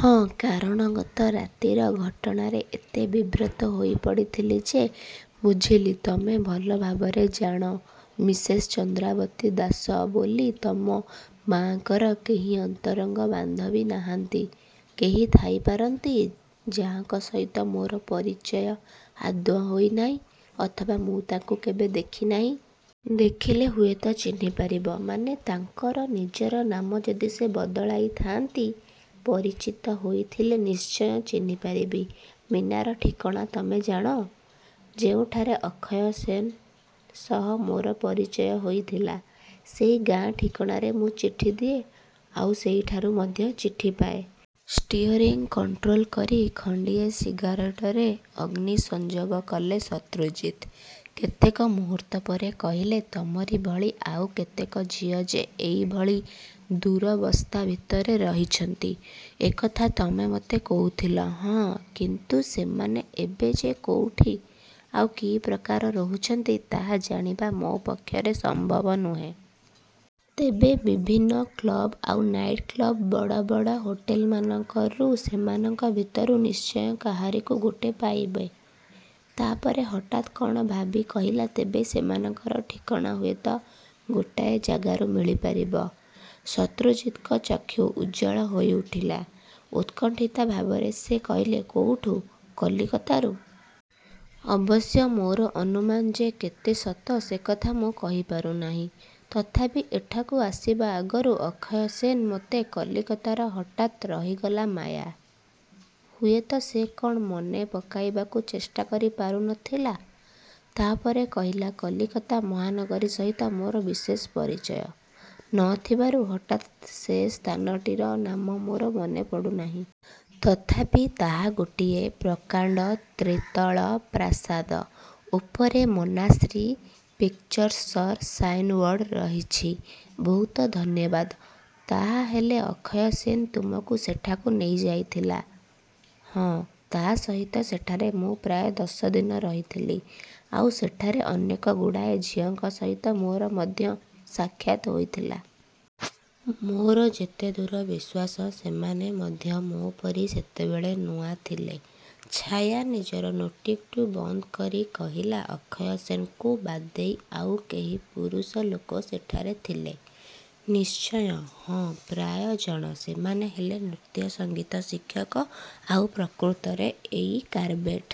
ହଁ, କାରଣ ଗତ ରାତିର ଘଟଣାରେ ଏତେ ବିବ୍ରତ ହୋଇପଡ଼ିଥିଲି ଯେ... ବୁଝିଲି। ତମେ ଭଲ ଭାବରେ ଜାଣ ମିସେସ୍ ଚନ୍ଦ୍ରାବତୀ ଦାସ ବୋଲି ତମ ମାଆଙ୍କର କେହି ଅନ୍ତରଙ୍ଗ ବାନ୍ଧବୀ ନାହାନ୍ତି? କେହି ଥାଇପାରନ୍ତି, ଯାହାଙ୍କ ସହିତ ମୋର ପରିଚୟ ଆଦୌ ହୋଇନାହିଁ ଅଥବା ମୁଁ ତାଙ୍କୁ କେବେ ଦେଖିନାହିଁ। ଦେଖିଲେ ହୁଏ ତ ଚିହ୍ନିପାରିବ... ମାନେ, ତାଙ୍କର ନିଜର ନାମ ଯଦି ସେ ବଦଳାଇ ଥାଆନ୍ତି... ପରିଚିତ ହୋଇଥିଲେ ନିଶ୍ଚିୟ ଚିହ୍ନିପାରିବି। ମୀନାର ଠିକଣା ତମେ ଜାଣ? ଯୋଉଁଠାରେ ଅକ୍ଷୟ ସେନ୍ ସହ ମୋର ପରିଚୟ ହୋଇଥିଲା, ସେଇ ଗାଆଁ ଠିକଣାରେ ମୁଁ ଚିଠି ଦିଏ, ଆଉ ସେଇଠାରୁ ମଧ୍ୟ ଚିଠି ପାଏ। ଷ୍ଟିଅରିଂ କଣ୍ଟ୍ରୋଲ କରି ଖଣ୍ଡିଏ ସିଗାରେଟରେ ଅଗ୍ନି ସଂଯୋଗ କଲେ ଶତ୍ରୁଜିତ୍। କେତେକ ମୁହୂର୍ତ୍ତ ପରେ କହିଲେ—ତମରି ଭଳି ଆଉ କେତେକ ଝିଅ ଯେ ଏଇଭଳି ଦୁରବସ୍ଥା ଭିତରେ ରହିଛନ୍ତି, ଏକଥା ତମେ ମୋତେ କହୁଥିଲ? ହଁ। କିନ୍ତୁ ସେମାନେ ଏବେ ଯେ କୋଉଠି ଆଉ କି ପ୍ରକାର ରହୁଛନ୍ତି ତାହା ଜାଣିବା ମୋ ପକ୍ଷରେ ସମ୍ଭବ ନୁହେଁ। ତେବେ ବିଭିନ୍ନ କ୍ଲବ୍ ଆଉ ନାଇଟ୍କ୍ଲବ୍, ବଡ଼ବଡ଼ ହୋଟେଲମାନଙ୍କରୁ ସେମାନଙ୍କ ଭିତରୁ ନିଶ୍ଚୟ କାହାରିକୁ ଗୋଟିଏ ପାଇବେ। ତା'ପରେ ହଠାତ୍ କ'ଣ ଭାବି କହିଲା–ତେବେ ସେମାନଙ୍କର ଠିକଣା ହୁଏତ ଗୋଟାଏ ଜାଗାରୁ ମିଳିପାରିବ? ଶତ୍ରୁଜିତଙ୍କ ଚକ୍ଷୁ ଉଜ୍ଜ୍ୱଳ ହୋଇଉଠିଲା। ଉତ୍କଣ୍ଠିତା ଭାବରେ ସେ କହିଲେ–କୋଉଠୁ-? କଲିକତାରୁ... ଅବଶ୍ୟ ମୋର ଅନୁମାନ ଯେ କେତେଦୂର ସତ ସେକଥା ମୁଁ କହିପାରୁନାହିଁ। ତଥାପି ଏଠାକୁ ଆସିବା ଆଗରୁ ଅକ୍ଷୟ ସେନ୍ ମୋତେ କଲିକତାର ହଠାତ୍ ରହିଗଲା ମାୟା; ହୁଏତ ସେ କ'ଣ ମନେ ପକାଇବାକୁ ଚେଷ୍ଟା କରି ପାରୁ ନ ଥିଲା। ତା'ପରେ କହିଲା—କଲିକତା ମହାନଗରୀ ସହିତ ମୋର ବିଶେଷ ପରିଚୟ ନ ଥିବାରୁ ହଠାତ୍ ସେ ସ୍ଥାନଟିର ନାମ ମୋର ମନେ ପଡ଼ୁନାହିଁ। ତଥାପି ତାହା ଗୋଟିଏ ପ୍ରକାଣ୍ଡ ତ୍ରିତଳ ପ୍ରାସାଦ। ଉପରେ 'ମନାଶ୍ରୀ' ପିକ୍ଚରସର ସାଇନ୍ବୋର୍ଡ ରହିଛି। ବହୁତ ଧନ୍ୟବାଦ। ତା'ହେଲେ ଅକ୍ଷୟ ସେନ୍ ତମକୁ ସେଠାକୁ ନେଇଯାଇଥିଲା? ହଁ। ତା' ସହିତ ସେଠାରେ ମୁଁ ପ୍ରାୟ ଦଶଦିନ ରହିଥିଲି। ଆଉ ସେଠାରେ ଅନେକଗୁଡ଼ିଏ ଝିଅଙ୍କ ସହିତ ମୋର ମଧ୍ୟ ସାକ୍ଷାତ୍ ହୋଇଥିଲା। ମୋର ଯେତେଦୂର ବିଶ୍ୱାସ ସେମାନେ ମଧ୍ୟ ମୋ'ରି ପରି ସେତେବେଳେ ନୂଆ ଥିଲେ। ଛାୟା ନିଜର ନୋଟ୍ବୁକ୍ଟି ବନ୍ଦ କରି କହିଲା—ଅକ୍ଷୟ ସେନ୍କୁ ବାଦ୍ଦେଇ ଆଉ କେହି ପୁରୁଷ ଲୋକ ସେଠାରେ ଥିଲେ ନିଶ୍ଚୟ? ହଁ, ପ୍ରାୟ। ଜଣ। ସେମାନେ ହେଲେ ନୃତ୍ୟସଙ୍ଗୀତ ଶିକ୍ଷକ। ଆଉ ପ୍ରକୃତରେ ଏଇ କାରବେଟ୍।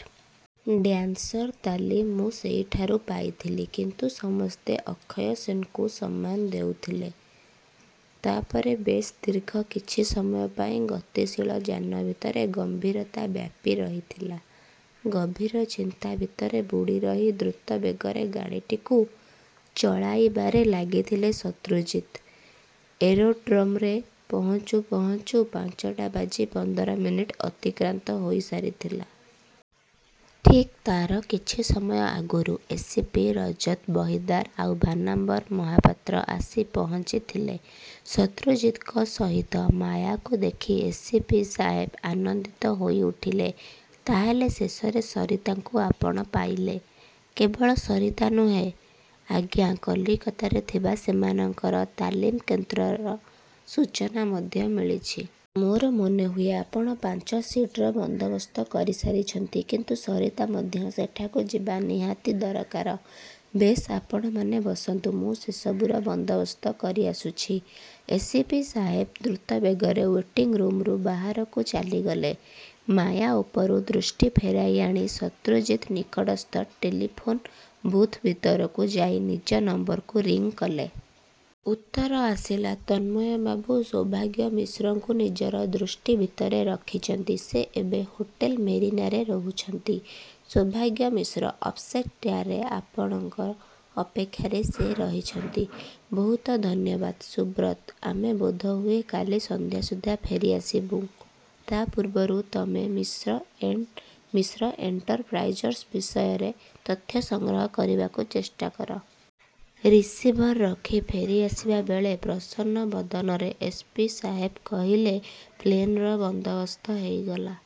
ଡ୍ୟାନ୍ସର ତାଲିମ ମୁଁ ସେଇଠାରୁ ପାଇଥିଲି। କିନ୍ତୁ ସମସ୍ତେ ଅକ୍ଷୟ ସେନ୍କୁ ସମ୍ମାନ ଦେଉଥିଲେ। ତା'ପରେ ବେଶ୍ ଦୀର୍ଘ କିଛି ସମୟ ପାଇଁ ଗତିଶୀଳ ଯାନ ଭିତରେ ଗମ୍ଭୀରତା ବ୍ୟାପି ରହିଥିଲା। ଗଭୀର ଚିନ୍ତା ଭିତରେ ବୁଡ଼ିରହି ଦ୍ରୁତବେଗରେ ଗାଡ଼ିଟିକୁ ଚଳାଇବାରେ ଲାଗିଥିଲେ ଶତ୍ରୁଜିତ୍। ଏରୋଡ୍ରୋମରେ ପହଞ୍ଚୁ ପହଞ୍ଚୁ ପାଞ୍ଚଟା ବାଜି ପନ୍ଦର ମିନିଟ୍ ଅତିକ୍ରାନ୍ତ ହୋଇସାରିଥିଲା-। ଠିକ୍ ତା'ର କିଛି ସମୟ ଆଗରୁ ଏସ୍. ପି. ରଜତ ବହିଦାର ଆଉ ବାନାମ୍ବର ମହାପାତ୍ର ଆସି ପହଞ୍ଚିଥିଲେ। ଶତ୍ରୁଜିତ୍ଙ୍କ ସହିତ ମାୟାକୁ ଦେଖି ଏସ୍. ପି. ସାହେବ ଆନନ୍ଦିତ ହୋଇଉଠିଲେ—ତା' ହେଲେ ଶେଷରେ ସରିତାଙ୍କୁ ଆପଣ ପାଇଲେ? କେବଳ ସରିତା ନୁହେ, ଆଜ୍ଞା କଲିକତାରେ ଥିବା ସେମାନଙ୍କର ତାଲିମ କେନ୍ଦ୍ରର ସୂଚନା ମଧ୍ୟ ମିଳିଛି। ମୋର ମନେହୁଏ ଆପଣ ପାଞ୍ଚ ସିଟର୍ର ବନ୍ଦୋବସ୍ତ କରିସାରିଛନ୍ତି। କିନ୍ତୁ ସରିତା ମଧ୍ୟ ସେଠାକୁ ଯିବା ନିହାତି ଦରକାର। ବେଶ୍ ଆପଣମାନେ ବସନ୍ତୁ। ମୁଁ ସେସବୁର ବନ୍ଦୋବସ୍ତ କରିଆସୁଛି। ଏସ୍. ପି. ସାହେବ ଦ୍ରୁତବେଗରେ ଓ୍ୱେଟିଂ ରୂମ୍ରୁ ବାହାରକୁ ଚାଲିଗଲେ। ମାୟା ଉପରୁ ଦୃଷ୍ଟି ଫେରାଇଆଣି ଶତ୍ରୁଜିତ୍ ନିକଟସ୍ଥ ଟେଲିଫୋନ୍ ବୁଥ୍ ଭିତରକୁ ଯାଇ ନିଜ ନମ୍ବରକୁ ରିଂ କଲେ। ଉତ୍ତର ଆସିଲା—ତନ୍ମୟବାବୁ ସୌଭାଗ୍ୟ ମିଶ୍ରଙ୍କୁ ନିଜର ଦୃଷ୍ଟି ଭିତରେ ରଖିଛନ୍ତି। ସେ ଏବେ ହୋଟେଲ 'ମେରୀନା'ରେ ରହୁଛନ୍ତି। ସୌଭାଗ୍ୟ ମିଶ୍ର ଅପ୍ଷ୍ଟେୟାରରେ। ଆପଣଙ୍କ ଅପେକ୍ଷାରେ ସେ ରହିଛନ୍ତି। ବହୁତ ଧନ୍ୟବାଦ, ସୁବ୍ରତ! ଆମେ ବୋଧହୁଏ କାଲି ସଂଧ୍ୟା ସୁଦ୍ଧା ଫେରିଆସିବୁଁ। ତା' ପୂର୍ବରୁ ତମେ ମିଶ୍ର ଏଣ୍ଡ୍ ମିଶ୍ର ଏଣ୍ଟରପ୍ରାଇଜର୍ସ ବିଷୟରେ ତଥ୍ୟ ସଂଗ୍ରହ କରିବାକୁ ଚେଷ୍ଟା କର। ରିସିଭର ରଖି ଫେରିଆସିବା ବେଳେ ପ୍ରସନ୍ନ ବଦନରେ ଏସ୍. ପି. ସାହେବ କହିଲେ—ପ୍ଲେନ୍ର ବନ୍ଦୋବସ୍ତ ହେଇଗଲା।